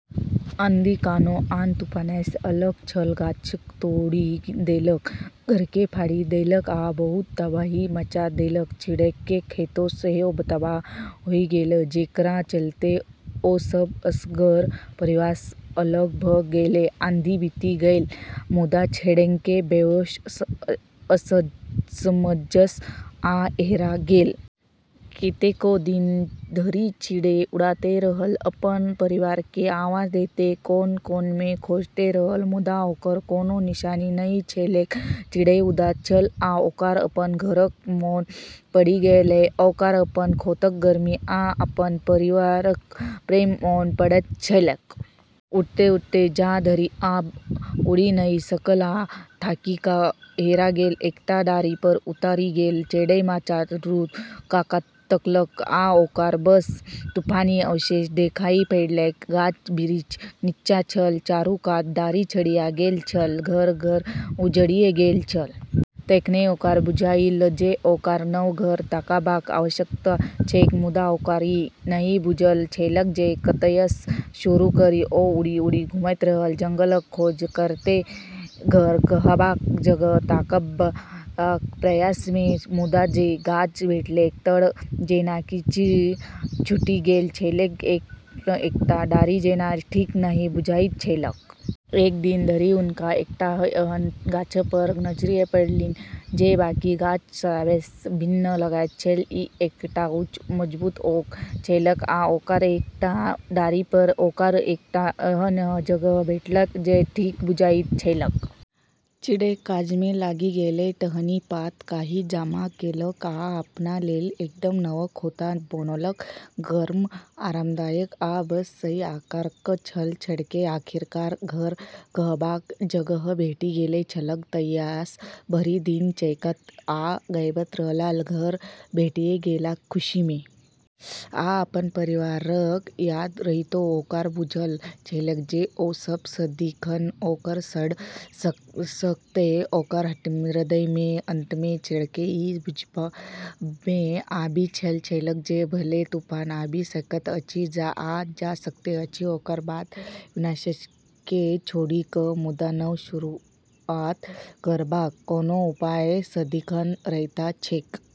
आंधी कोनो आन तूफानसँ अलग छल, गाछ तोड़ि देलक, घरके फाड़ि देलक आ बहुत तबाही मचा देलक। चिड़ैके खोंता सेहो तबाह होइ गेलै, जेकरा चलते ओ सब असगर, परिवारसँ अलग भ' गेलै। आंधी बीति गेलै, मुदा चिड़ैकेँ बेहोश, असमंजस आ हेरा गेल। कतेको दिन धरि चिड़ै उड़ैत रहल, अपन परिवारकेँ आवाज दैत, कोन-कोनमे खोजैत रहल, मुदा ओकर कोनो निशानी नहि छलैक। चिड़ै उदास छल, आ ओकरा अपन घरक मोन पड़ि गेलै। ओकरा अपन खोंताक गर्मी, आ अपन परिवारक प्रेम मोन पड़ैत छलैक। उड़ैत-उड़ैत जा धरि आब उड़ि नहि सकल, आ थाकि क' हेरा गेल एकटा डारि पर उतरि गेल। चिड़ै चारू कात तकलक, आ ओकरा बस तूफानक अवशेष देखाइ पड़लैक। गाछ-बिरिछ निच्चाँ छल, चारू कात डारि छिड़िया गेल छल, घर-घर उजड़ि गेल छल। तखने ओकरा बुझाइल जे ओकरा नव घर ताकबाक आवश्यकता छैक, मुदा ओकरा ई नहि बुझल छलैक जे कतयसँ शुरू करी। ओ उड़ि-उड़ि घुमैत रहल, जंगलक खोज करैत, घर कहबाक जगह ताकबाक प्रयासमे। मुदा जे गाछ भेटलैक तऽ जेना किछ छूटि गेल छलैक, एक-एकटा डारि जेना ठीक नहि बुझाइत छलैक। एक दिन धरि हुनका एकटा एहन गाछ पर नजरि पड़लनि जे बाकी गाछ सभसँ भिन्न लगैत छल। ई एकटा ऊँच, मजबूत ओक छलैक आ ओकर एकटा डारि पर ओकरा एकटा एहन जगह भेटलैक जे ठीके बुझाइत छलैक। चिड़ै काजमे लागि गेलै, टहनी, पात, काई जमा केलक आ अपना लेल एकदम नव खोंता बनौलक। गर्म, आरामदायक आ बस सही आकारक छल। चिड़ैकेँ आखिरकार घर कहबाक जगह भेटि गेल छलैक। तहियासँ भरि दिन चहकैत आ गबैत रहलाह, घर भेटि गेलाक खुशीमे। आ अपन परिवारक याद रहितो ओकरा बुझल छलैक जे ओ सभ सदिखन ओकर सङ्ग रहतैक, ओकर हृदयमे। अंतमे चिड़ैकेँ ई बुझबामे आबि गेल छलैक जे भले तूफान आबि सकैत अछि आ जा सकैत अछि, ओकर बाद विनाशकेँ छोड़ि क', मुदा नव शुरुआत करबाक कोनो उपाय सदिखन रहैत छैक।